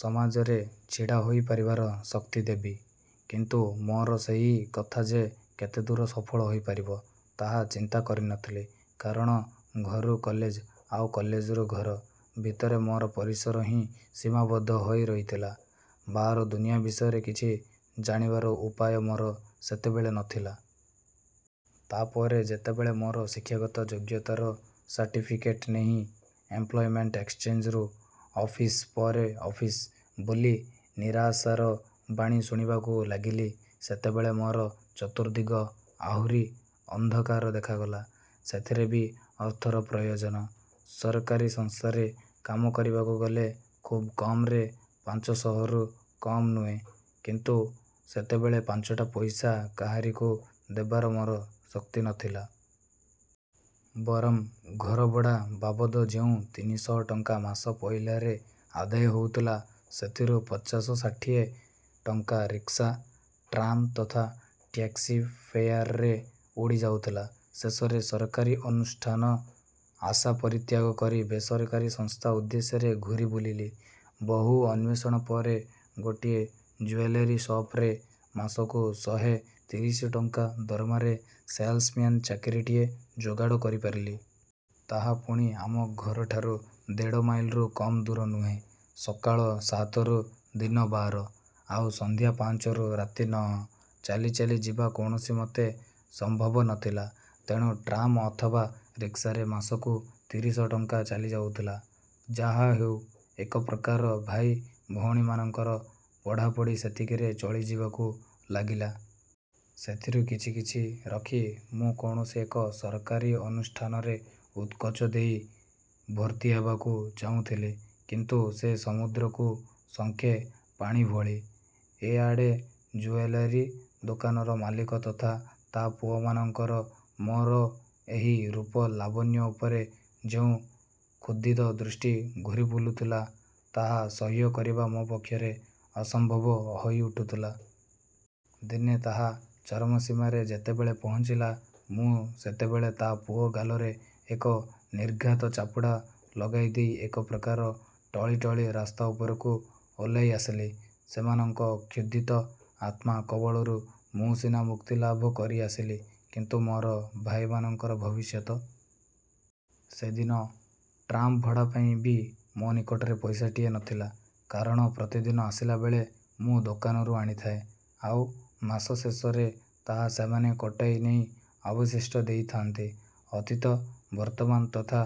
ସମାଜରେ ଛିଡ଼ା ହୋଇପାରିବାର ଶକ୍ତି ଦେବି। କିନ୍ତୁ ମୋର ସେହି କଥା ଯେ କେତେଦୂର ସଫଳ ହୋଇପାରିବ, ତାହା ଚିନ୍ତା କରିନଥିଲି। କାରଣ ଘରୁ କଲେଜ ଆଉ କଲେଜରୁ ଘର ଭିତରେ ମୋର ପରିସର ହିଁ ସୀମାବଦ୍ଧ ହୋଇ ରହିଥିଲା। ବାହାର ଦୁନିଆ ବିଷୟରେ କିଛି ଜାଣିବାର ଉପାୟ ମୋର ସେତେବେଳେ ନଥିଲା। ତା ପରେ ଯେତେବେଳେ ମୋର ଶିକ୍ଷାଗତ ଯୋଗ୍ୟତାର ସାର୍ଟିଫିକେଟ୍ ନେଇ ଏମ୍ପ୍ଲୋୟମେଣ୍ଟ ଏକ୍ସଚେଞ୍ଜରୁ ଅଫିସ୍ ପରେ ଅଫିସ୍ ବୁଲି ନିରାଶାର ବାଣୀ ଶୁଣିବାକୁ ଲାଗିଲି, ସେତେବେଳେ ମୋର ଚତୁର୍ଦ୍ଦିଗ ଆହୁରି ଅନ୍ଧକାର ଦେଖାଗଲା। ସେଥିରେ ବି ଅର୍ଥର ପ୍ରୟୋଜନ। ସରକାରୀ ସଂସ୍ଥାରେ କାମ କରିବାକୁ ଗଲେ ଖୁବ୍ କମ୍‌ରେ ପାଞ୍ଚ ଶହରୁ କମ୍ ନୁହେଁ କିନ୍ତୁ ସେତେବେଳେ ପାଞ୍ଚଟା ପଇସା କାହାରିକୁ ଦେବାର ମୋର ଶକ୍ତି ନଥିଲା। ବରଂ ଘରଭଡ଼ା ବାବଦ ଯେଉଁ ତିନି ଶହ ଟଙ୍କା ମାସ ପହିଲାରେ ଆଦାୟ ହେଉଥିଲା, ସେଥିରୁ ପଚାଶ, ଷାଠିଏ ଟଙ୍କା ରିକ୍ସା, ଟ୍ରାମ୍ ତଥା ଟ୍ୟାକ୍ସି ଫେୟାର୍‌ରେ ଉଡ଼ିଯାଉଥିଲା। ଶେଷରେ ସରକାରୀ ଅନୁଷ୍ଠାନ ଆଶା ପରିତ୍ୟାଗ କରି ବେସରକାରୀ ସଂସ୍ଥା ଉଦ୍ଦେଶ୍ୟରେ ଘୂରି ବୁଲିଲି। ବହୁ ଅନ୍ୱେଷଣ ପରେ ଗୋଟିଏ ଜୁଏଲାରୀ ସପ୍‌ରେ ମାସକୁ ଶହେ ତିରିଶ ଟଙ୍କା ଦରମାରେ ସେଲ୍ସମ୍ୟାନ୍ ଚାକିରିଟିଏ ଯୋଗାଡ଼ କରିପାରିଲି। ତାହା ପୁଣି ଆମ ଘରଠାରୁ ଦେଢ଼ ମାଇଲ୍‌ରୁ କମ୍ ଦୂର ନୁହେଁ। ସକାଳ ସାତରୁ ଦିନ ବାର, ଆଉ ସନ୍ଧ୍ୟା ପାଞ୍ଚରୁ ରାତି ନଅ। ଚାଲି ଚାଲି ଯିବା କୌଣସିମତେ ସମ୍ଭବ ନଥିଲା। ତେଣୁ ଟ୍ରାମ୍ ଅଥବା ରିକ୍ସାରେ ମାସକୁ ତିରିଶ ଟଙ୍କା ଚାଲିଯାଉଥିଲା। ଯାହା ହେଉ, ଏକ ପ୍ରକାର ଭାଇ ଭଉଣୀମାନଙ୍କର ପଢ଼ାପଢ଼ି ସେତିକିରେ ଚଳିଯିବାକୁ ଲାଗିଲା। ସେଥିରୁ କିଛି କିଛି ରଖି ମୁଁ କୌଣସି ଏକ ସରକାରୀ ଅନୁଷ୍ଠାନରେ ଉତ୍କୋଚ ଦେଇ ଭର୍ତ୍ତି ହେବାକୁ ଚାହୁଁଥିଲି। କିନ୍ତୁ ସେ ସମୁଦ୍ରକୁ ଶଙ୍ଖେ ପାଣି ଭଳି। ଏ ଆଡ଼େ ଜୁଏଲାରୀ ଦୋକାନର ମାଲିକ ତଥା ତା ପୁଅମାନଙ୍କର ମୋର ଏହି ରୂପ ଲାବଣ୍ୟ ଉପରେ ଯେଉଁ କ୍ଷୁଧିତ ଦୃଷ୍ଟି ଘୂରି ବୁଲୁଥିଲା, ତାହା ସହ୍ୟ କରିବା ମୋ ପକ୍ଷରେ ଅସମ୍ଭବ ହୋଇଉଠୁଥିଲା। ଦିନେ ତାହା ଚରମ ସୀମାରେ ଯେତେବେଳେ ପହଞ୍ଚିଲା, ମୁଁ ସେତେବେଳେ ତା ପୁଅ ଗାଲରେ ଏକ ନିର୍ଘାତ ଚାପୁଡ଼ା ଲଗାଇ ଦେଇ ଏକପ୍ରକାର ଟଳି ଟଳି ରାସ୍ତା ଉପରକୁ ଓହ୍ଲାଇ ଆସିଲି। ସେମାନଙ୍କ କ୍ଷୁଧିତ ଆତ୍ମା କବଳରୁ ମୁଁ ସିନା ମୁକ୍ତିଲାଭ କରି ଆସିଲି କିନ୍ତୁ ମୋର ଭାଇମାନଙ୍କର ଭବିଷ୍ୟତ। ସେଦିନ ଟ୍ରାମ୍ ଭଡ଼ା ପାଇଁ ବି ମୋ ନିକଟରେ ପଇସାଟିଏ ନଥିଲା। କାରଣ ପ୍ରତିଦିନ ଆସିଲାବେଳେ ମୁଁ ଦୋକାନରୁ ଆଣିଥାଏ, ଆଉ ମାସ ଶେଷରେ ତାହା ସେମାନେ କଟାଇ ନେଇ ଅବଶିଷ୍ଟ ଦେଇଥାଆନ୍ତି। ଅତୀତ, ବର୍ତ୍ତମାନ ତଥା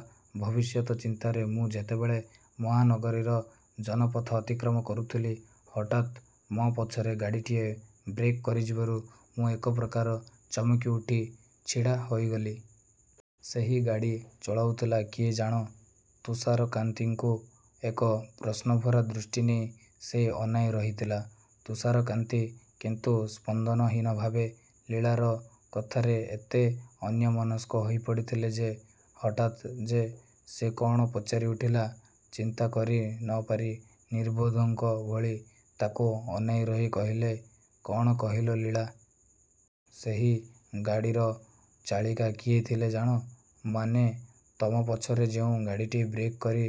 ଭବିଷ୍ୟତ ଚିନ୍ତାରେ ମୁଁ ଯେତେବେଳେ ମହାନଗରୀର ଜନପଥ ଅତିକ୍ରମ କରୁଥିଲି, ହଠାତ୍ ମୋ ପଛରେ ଗାଡ଼ିଟିଏ ବ୍ରେକ୍ କରିଯିବାରୁ ମୁଁ ଏକପ୍ରକାର ଚମକିଉଠି ଛିଡ଼ା ହୋଇଗଲି। ସେହି ଗାଡ଼ି ଚଳାଉଥିଲା କିଏ ଜାଣ? ତୁଷାରକାନ୍ତିଙ୍କୁ ଏକ ପ୍ରଶ୍ନଭରା ଦୃଷ୍ଟି ନେଇ ସେ ଅନାଇ ରହିଥିଲା। ତୁଷାରକାନ୍ତି କିନ୍ତୁ ସ୍ପନ୍ଦନହୀନ ଭାବେ ଲୀଳାର କଥାରେ ଏତେ ଅନ୍ୟମନସ୍କ ହୋଇପଡ଼ିଥିଲେ ଯେ, ହଠାତ୍ ଯେ ସେ କଣ ପଚାରିଉଠିଲା, ଚିନ୍ତା କରି ନ ପାରି ନିର୍ବୋଧଙ୍କ ଭଳି ତାକୁ ଅନାଇ ରହି କହିଲେ, କଣ କହିଲ ଲୀଳା? ସେହି ଗାଡ଼ିର ଚାଳିକା କିଏ ଥିଲା ଜାଣ? ମାନେ ତମ ପଛରେ ଯେଉଁ ଗାଡ଼ିଟି ବ୍ରେକ୍ କରି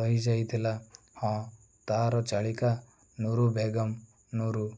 ରହିଯାଇଥିଲା? ହଁ, ତାହାର ଚାଳିକା ନୁରୁ ବେଗମ୍। ନୁରୁ